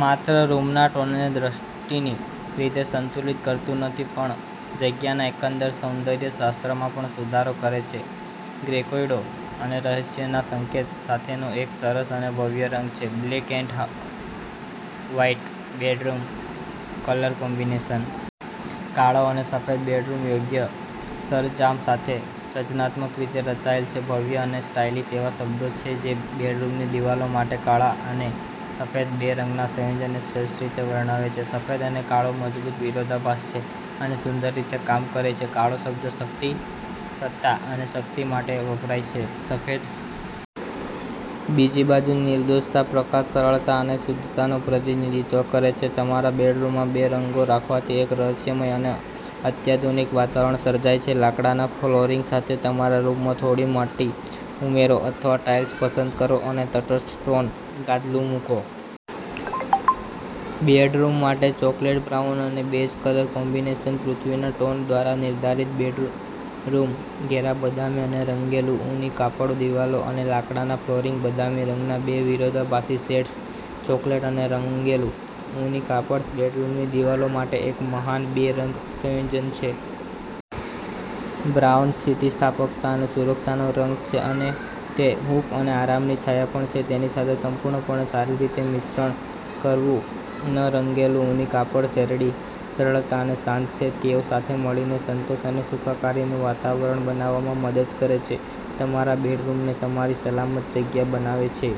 માત્ર રૂમના ટોનને દૃષ્ટિની રીતે સંતુલિત કરતું નથી પણ જગ્યાના એકંદર સૌંદર્ય શાસ્ત્રમાં પણ સુધારો કરે છે. ગ્રેકોયડો અને રહસ્યના સંકેત સાથેનો એક સરસ અને ભવ્ય રંગ છે. Black and white bedroom colour combination. કાળો અને સફેદ બેડરૂમ યોગ્ય સરંજામ સાથે રચનાત્મક રીતે રચાયેલ છે ભવ્ય અને સ્ટાઇલિશ એવા શબ્દો છે જે બેડરૂમની દિવાલો માટે કાળા અને સફેદ બે રંગના સંયોજનને શ્રેષ્ઠ રીતે વર્ણવે છે. સફેદ અને કાળો મજબૂત વિરોધાભાસ છે અને સુંદર રીતે કામ કરે છે, કાળો શબ્દ શક્તિ, સત્તા અને શક્તિ માટે વપરાય છે .સફેદ, બીજી બાજુ, નિર્દોષતા, પ્રકાશ, સરળતા અને શુદ્ધતાનું પ્રતિનિધિત્વ કરે છે. તમારા બેડરૂમમાં બે રંગો રાખવાથી એક રહસ્યમય અને અત્યાધુનિક વાતાવરણ સર્જાય છે. લાકડાના ફ્લોરિંગ સાથે તમારા રૂમમાં થોડી માટી ઉમેરો અથવા ટાઇલ્સ પસંદ કરો અને તટસ્થ-ટોન ગાદલું મૂકો. બેડરૂમ માટે ચોકલેટ બ્રાઉન અને બેજ કલર કોમ્બિનેશન .પૃથ્વીના ટોન દ્વારા નિર્ધારિત બેડરૂમઘેરા બદામી અને રંગેલું ઊની કાપડ દિવાલો અને લાકડાના ફ્લોરિંગ બદામી રંગના બે વિરોધાભાસી શેડ્સ .ચોકલેટ અને રંગેલું ઊની કાપડ બેડરૂમની દિવાલો માટે એક મહાન બે રંગ સંયોજન છે. બ્રાઉન સ્થિતિસ્થાપકતા અને સુરક્ષાનો રંગ છે, અને તે હૂંફ અને આરામની છાયા પણ છે. તેની સાથે સંપૂર્ણપણે સારી રીતે મિશ્રણ કરવુંન રંગેલું ઊની કાપડ શેડની સરળતા અને શાંત છે. તેઓ સાથે મળીને સંતોષ અને સુખાકારીનું વાતાવરણ બનાવવામાં મદદ કરે છે, તમારા બેડરૂમને તમારી સલામત જગ્યા બનાવે છે.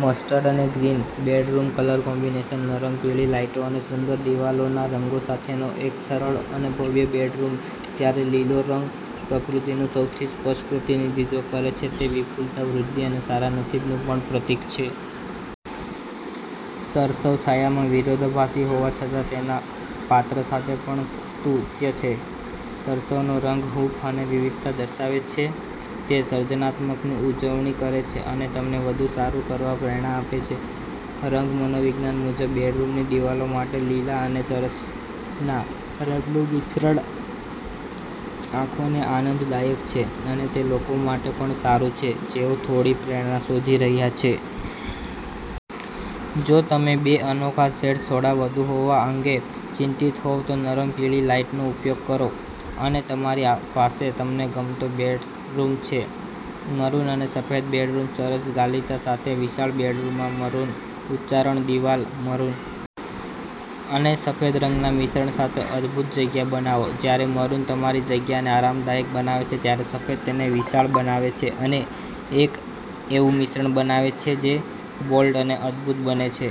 મસ્ટર્ડ અને ગ્રીન બેડરૂમ કલર કોમ્બિનેશન. નરમ પીળી લાઇટો અને સુંદર દિવાલોના રંગો સાથેનો એક સરળ અને ભવ્ય બેડરૂમ. જ્યારે લીલો રંગ પ્રકૃતિનું સૌથી સ્પષ્ટ પ્રતિનિધિત્વ છે, તે વિપુલતા, વૃદ્ધિ અને સારા નસીબનું પણ પ્રતીક છે. સરસવ, છાયામાં વિરોધાભાસી હોવા છતાં, તેના પાત્ર સાથે પણ સ્તુત્ય છે. સરસવનો રંગ હૂંફ અને વિવિધતા દર્શાવે છે તે સર્જનાત્મકતાની ઉજવણી કરે છે અને તમને વધુ સારું કરવા પ્રેરણા આપે છે. રંગ મનોવિજ્ઞાન મુજબ, બેડરૂમની દિવાલો માટે લીલા અને સરસવના રંગનું મિશ્રણ આંખોને આનંદદાયક છે અને તે લોકો માટે પણ સારું છે જેઓ થોડી પ્રેરણા શોધી રહ્યા છે. જો તમે બે અનોખા શેડ્સ થોડા વધુ હોવા અંગે ચિંતિત હોવ, તો નરમ, પીળી લાઇટનો ઉપયોગ કરો અને તમારી પાસે તમને ગમતો બેડરૂમ છે! મરૂન અને સફેદ બેડરૂમ સરસ ગાલીચા સાથે વિશાળ બેડરૂમમાં મરૂન ઉચ્ચારણ દિવાલ .મરૂન અને સફેદ રંગના મિશ્રણ સાથે અદભૂત જગ્યા બનાવો. જ્યારે મરૂન તમારી જગ્યાને આરામદાયક બનાવે છે, ત્યારે સફેદ તેને વિશાળ બનાવે છે અને એક એવું મિશ્રણ બનાવે છે જે બોલ્ડ અને અદભૂત બંને છે.